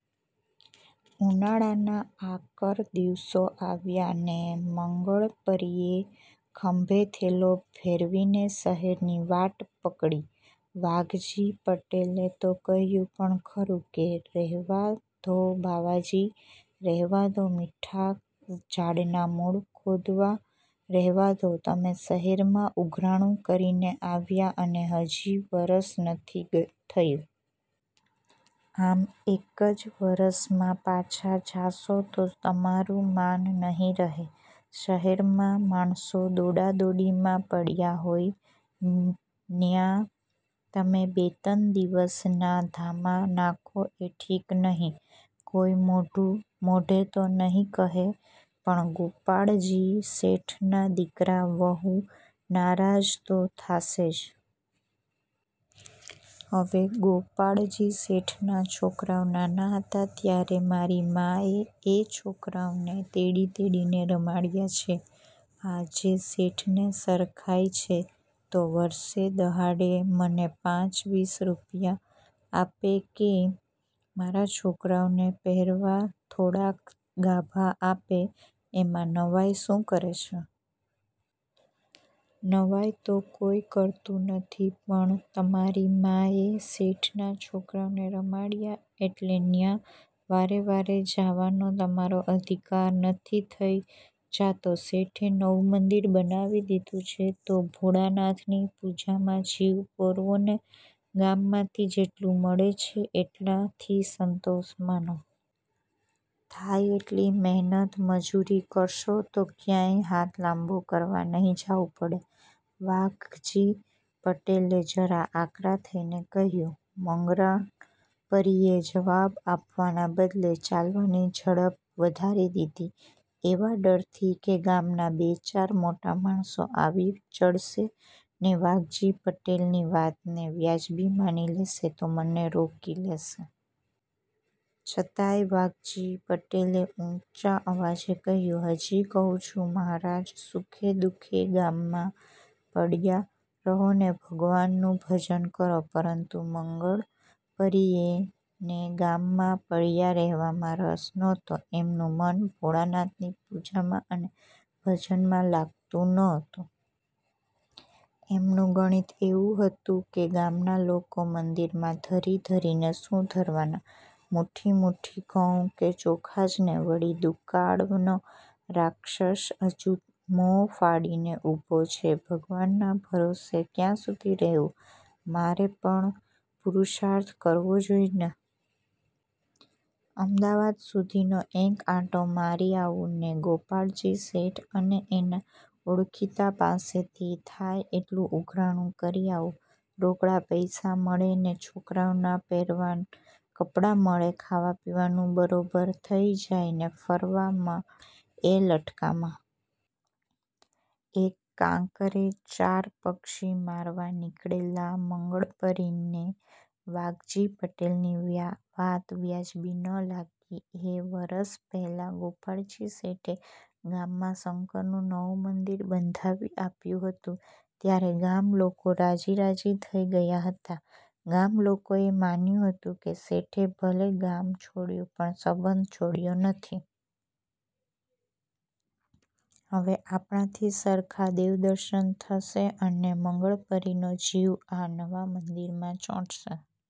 ઉનાળાના આકર દિવસો આવ્યા ને મંગળપરીએ ખંભે થેલો ભેરવીને શહેરની વાટ પકડી. વાઘજી પટેલે તો કહ્યું પણ ખરું કે, "રહેવા દ્યો બાવાજી, રહેવા દ્યો. મીઠાં ઝાડનાં મૂળ ખોદવાં રહેવા દ્યો. તમે શહેરમાં ઉઘરાણું કરીને આવ્યા, એને હજી વરસ નથી થયું. આમ એક જ વરસમાં પાછા જાશો તો તમારું માન નહિ રહે. શહેરમાં માણસો દોડાદોડીમાં પડ્યા હોય, ન્યાં તમે બે-ત્રણ દિવસના ધામા નાખો એ ઠીક નહિ. કોઈ મોઢેં તો નહિ કહે, પણ ગોપાળજી શેઠના દીકરા વહુ નારાજ તો થાશે જ." "હવે, ગોપાળજી શેઠના છોકરાવ નાના હતા ત્યારે મારી માએ એ છોકરાવને તેડી-તેડીને રમાડ્યા છે. આજે શેઠને સરખાઈ છે, તો વરસે દહાડે મને પાંચ-પચીસ રૂપિયા આપે, કે મારા છોકરાવને પહેરવા થોડાક ગાભા આપે, એમાં નવાઈ શું કરે છે?" "નવાઈ તો કોઈ કરતું નથી, પણ તમારી માએ શેઠના છોકરાવને રમાડ્યા એટલે ન્યાં વારે-વારે જાવાનો તમારો અધિકાર નથી થઈ જાતો. શેઠે નવું મંદિર બંધાવી દીધું છે, તો ભોળાનાથની પૂજામાં જીવ પરોવો ને. ગામમાંથી જેટલું મળે છે, એટલાથી સંતોષ માનો. થાય એટલી મહેનત મજૂરી કરશો તો ક્યાંય હાથ લાંબો કરવા નહિ જાવું પડે." વાઘજી પટેલે જરા આકરા થઈને કહ્યું. મંગળપરીએ જવાબ આપવાના બદલે ચાલવાની ઝડપ વધારી દીધી, એવા ડરથી કે ગામના બે-ચાર મોટા માણસો આવી ચડશે ને વાઘજી પટેલની વાતને વાજબી માની લેશે, તો મને રોકી લેશે. છતાંય વાઘજી પટેલે ઊંચા અવાજે કહ્યું, "હજી કહું છું મહારાજ, સુખે દુઃખે ગામમાં પડ્યા રહો ને ભગવાનનું ભજન કરો." પરંતુ મંગળપરીને ગામમાં પડ્યા રહેવામાં રસ નહોતો. એમનું મન ભોળાનાથની પૂજામાં અને ભજનમાં લાગતું નહોતું. એમનું ગણિત એવું હતું કે, "ગામના લોકો મંદિરમાં ધરી-ધરીને શું ધરવાના? મૂઠી-મૂઠી ઘઉં કે ચોખા જ ને? વળી, દુકાળનો રાક્ષસ હજી મોં ફાડીને ઊભો છે. ભગવાનના ભરોસે ક્યાં સુધી રહેવું? મારે પણ પુરુષાર્થ કરવો જોઈને? અમદાવાદ સુધીનો એક આંટો મારી આવું, ને ગોપાળજી શેઠ અને એના ઓળખીતા પાસેથી થાય એટલું ઉઘરાણું કરી આવું. રોકડા પૈસા મળે ને છોકરાવના પહેરવા કપડાં મળે, ખાવા-પીવાનું બારોબાર થઈ જાય, ને ફરવા મળે એ લટકામાં." એક કાંકરે ચાર પક્ષી મારવા નીકળેલા મંગળપરીને વાઘજી પટેલની વાત વાજબી ન લાગી. બે વરસ પહેલાં ગોપાળજી શેઠે ગામમાં શંકરનું નવું મંદિર બંધાવી આપ્યું હતું. ત્યારે ગામ લોકો રાજી-રાજી થઈ ગયા હતા. ગામલોકોએ માન્યું હતું કે, "શેઠે ભલે ગામ છોડ્યું, પણ સંબંધ છોડ્યો નથી. હવે આપણાથી સરખાં દેવદર્શન થશે અને મંગળપરીનો જીવ આ નવા મંદિરમાં ચોંટશે.